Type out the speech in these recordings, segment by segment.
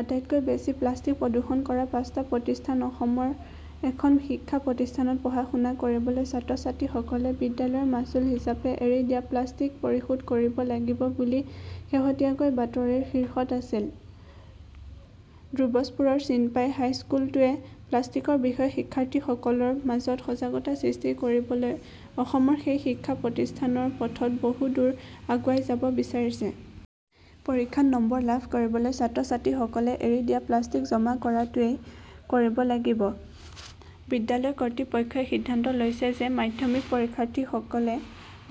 আটাইতকৈ বেছি প্লাষ্টিক প্ৰদূষণ কৰা পাঁচটা প্ৰতিষ্ঠান অসমৰ এখন শিক্ষা প্ৰতিষ্ঠানত পঢ়া-শুনা কৰিবলৈ ছাত্ৰ-ছাত্ৰীসকলে বিদ্যালয়ৰ মাচুল হিচাপে এৰি দিয়া প্লাষ্টিক পৰিশোধ কৰিব লাগিব বুলি শেহতীয়াকৈ বাতৰিৰ শীৰ্ষত আছিল। দুব্ৰজপুৰৰ চিনপাই হাইস্কুলটোৱে প্লাষ্টিকৰ বিষয়ে শিক্ষাৰ্থীসকলৰ মাজত সজাগতা সৃষ্টি কৰিবলৈ অসমৰ সেই শিক্ষা প্ৰতিষ্ঠানৰ পথত বহু দূৰ আগুৱাই যাব বিচাৰিছে। পৰীক্ষাত নম্বৰ লাভ কৰিবলৈ ছাত্ৰ-ছাত্ৰীসকলে এৰি দিয়া প্লাষ্টিক জমা কৰাটোৱেই কৰিব লাগিব। বিদ্যালয় কৰ্তৃপক্ষই সিদ্ধান্ত লৈছে যে মাধ্যমিক পৰীক্ষাৰ্থীসকলে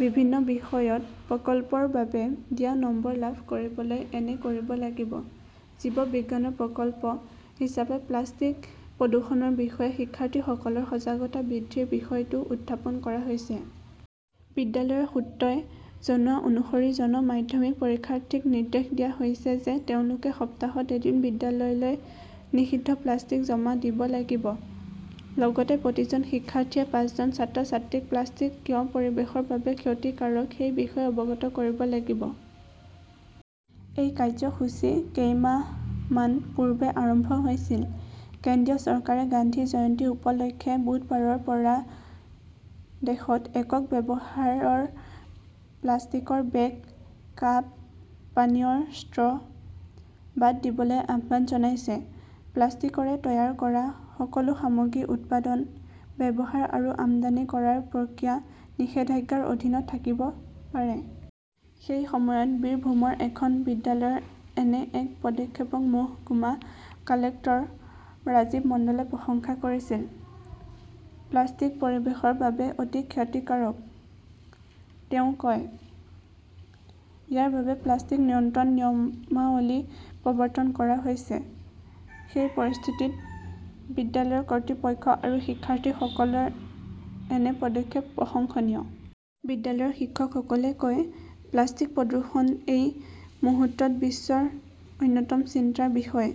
বিভিন্ন বিষয়ত 'প্ৰকল্প "ৰ বাবে দিয়া নম্বৰ লাভ কৰিবলৈ এনে কৰিব লাগিব। জীৱবিজ্ঞানৰ 'প্ৰকল্প "হিচাপে প্লাষ্টিক প্ৰদূষণৰ বিষয়ে শিক্ষাৰ্থীসকলৰ সজাগতা বৃদ্ধিৰ বিষয়টো উত্থাপন কৰা হৈছে। বিদ্যালয়ৰ সূত্ৰই জনোৱা অনুসৰি জন মাধ্যমিক পৰীক্ষাৰ্থীক নিৰ্দেশ দিয়া হৈছে যে তেওঁলোকে সপ্তাহত এদিন বিদ্যালয়লৈ নিষিদ্ধ প্লাষ্টিক জমা দিব লাগিব। লগতে প্ৰতিজন শিক্ষাৰ্থীয়ে পাঁচজন ছাত্ৰ-ছাত্ৰীক প্লাষ্টিক কিয় পৰিৱেশৰ বাবে ক্ষতিকাৰক সেই বিষয়ে অৱগত কৰিব লাগিব। এই কাৰ্যসূচী কেইমাহমান পূৰ্বে আৰম্ভ হৈছিল। কেন্দ্ৰীয় চৰকাৰে গান্ধী জয়ন্তী উপলক্ষে বুধবাৰৰ পৰা দেশত 'একক ব্যৱহাৰৰ "প্লাষ্টিকৰ বেগ, কাপ, পানীয়ৰ ষ্ট্ৰ" বাদ দিবলৈ আহ্বান জনাইছে। প্লাষ্টিকৰে তৈয়াৰ কৰা সকলো সামগ্ৰী উৎপাদন, ব্যৱহাৰ আৰু আমদানি কৰাৰ প্ৰক্ৰিয়া নিষেধাজ্ঞাৰ অধীনত থাকিব পাৰে। সেই সময়ত বীৰভূমৰ এখন বিদ্যালয়ৰ এনে এক পদক্ষেপক মহকুমা কালেক্টৰ ৰাজীৱ মণ্ডলে প্ৰশংসা কৰিছিল। "প্লাষ্টিক পৰিৱেশৰ বাবে অতি ক্ষতিকাৰক", তেওঁ কয়। ইয়াৰ বাবে প্লাষ্টিক নিয়ন্ত্ৰণ নিয়মাৱলী প্ৰৱৰ্তন কৰা হৈছে। সেই পৰিস্থিতিত বিদ্যালয়ৰ কৰ্তৃপক্ষ আৰু শিক্ষাৰ্থীসকলৰ এনে পদক্ষেপ প্ৰশংসনীয়। "বিদ্যালয়ৰ শিক্ষকসকলে কয়-'প্লাষ্টিক-প্ৰদূষণ এই মুহূৰ্তত বিশ্বৰ অন্যতম চিন্তাৰ বিষয়।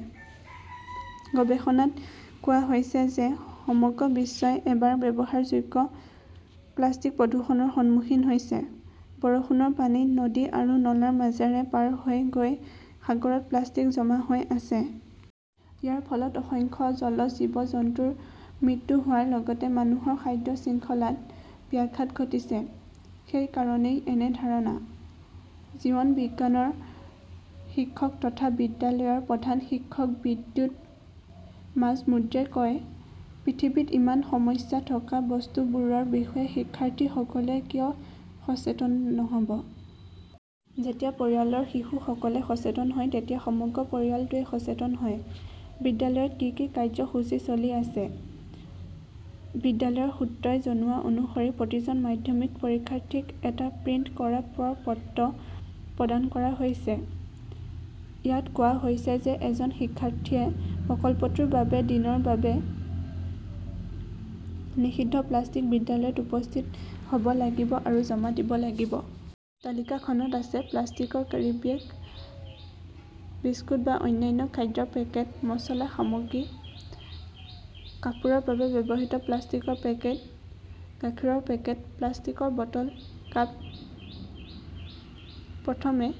গৱেষণাত কোৱা হৈছে যে সমগ্ৰ বিশ্বই এবাৰ ব্যৱহাৰযোগ্য প্লাষ্টিক প্ৰদূষণৰ সন্মুখীন হৈছে। বৰষুণৰ পানী নদী আৰু নলাৰ মাজেৰে পাৰ হৈ গৈ সাগৰত প্লাষ্টিক জমা হৈ আছে। ইয়াৰ ফলত অসংখ্য জলজ জীৱ-জন্তুৰ মৃত্যু হোৱাৰ লগতে মানুহৰ খাদ্য শৃংখলাত ব্যাঘাত ঘটিছে। সেইকাৰণেই এনে ধাৰণা। জীৱন বিজ্ঞানৰ শিক্ষক তথা বিদ্যালয়ৰ প্ৰধান শিক্ষক বিদ্যুৎ মাজমুদ্ৰে কয়, "পৃথিৱীত ইমান সমস্যা থকা বস্তুবোৰৰ বিষয়ে শিক্ষাৰ্থীসকলে কিয় সচেতন নহ 'ব! যেতিয়া পৰিয়ালৰ শিশুসকলে সচেতন হয় তেতিয়া সমগ্ৰ পৰিয়ালটোৱে সচেতন হয়। "বিদ্যালয়ত কি কি কাৰ্যসূচী চলি আছে? বিদ্যালয়ৰ সূত্ৰই জনোৱা অনুসৰি প্ৰতিজন মাধ্যমিক পৰীক্ষাৰ্থীক এটা প্ৰিণ্ট কৰা প্ৰ-পত্ৰ প্ৰদান কৰা হৈছে। ইয়াত কোৱা হৈছে যে এজন শিক্ষাৰ্থীয়ে প্ৰকল্পটোৰ বাবে দিনৰ বাবে নিষিদ্ধ প্লাষ্টিক বিদ্যালয়ত উপস্থিত হ 'ব লাগিব আৰু জমা দিব লাগিব। তালিকাখনত আছে প্লাষ্টিকৰ কেৰিব্যাগ, বিস্কুট বা অন্যান্য খাদ্যৰ পেকেট, মচলা সামগ্ৰী, কাপোৰৰ বাবে ব্যৱহৃত প্লাষ্টিকৰ পেকেট, গাখীৰৰ পেকেট, প্লাষ্টিকৰ বটল, কাপ। প্ৰথমে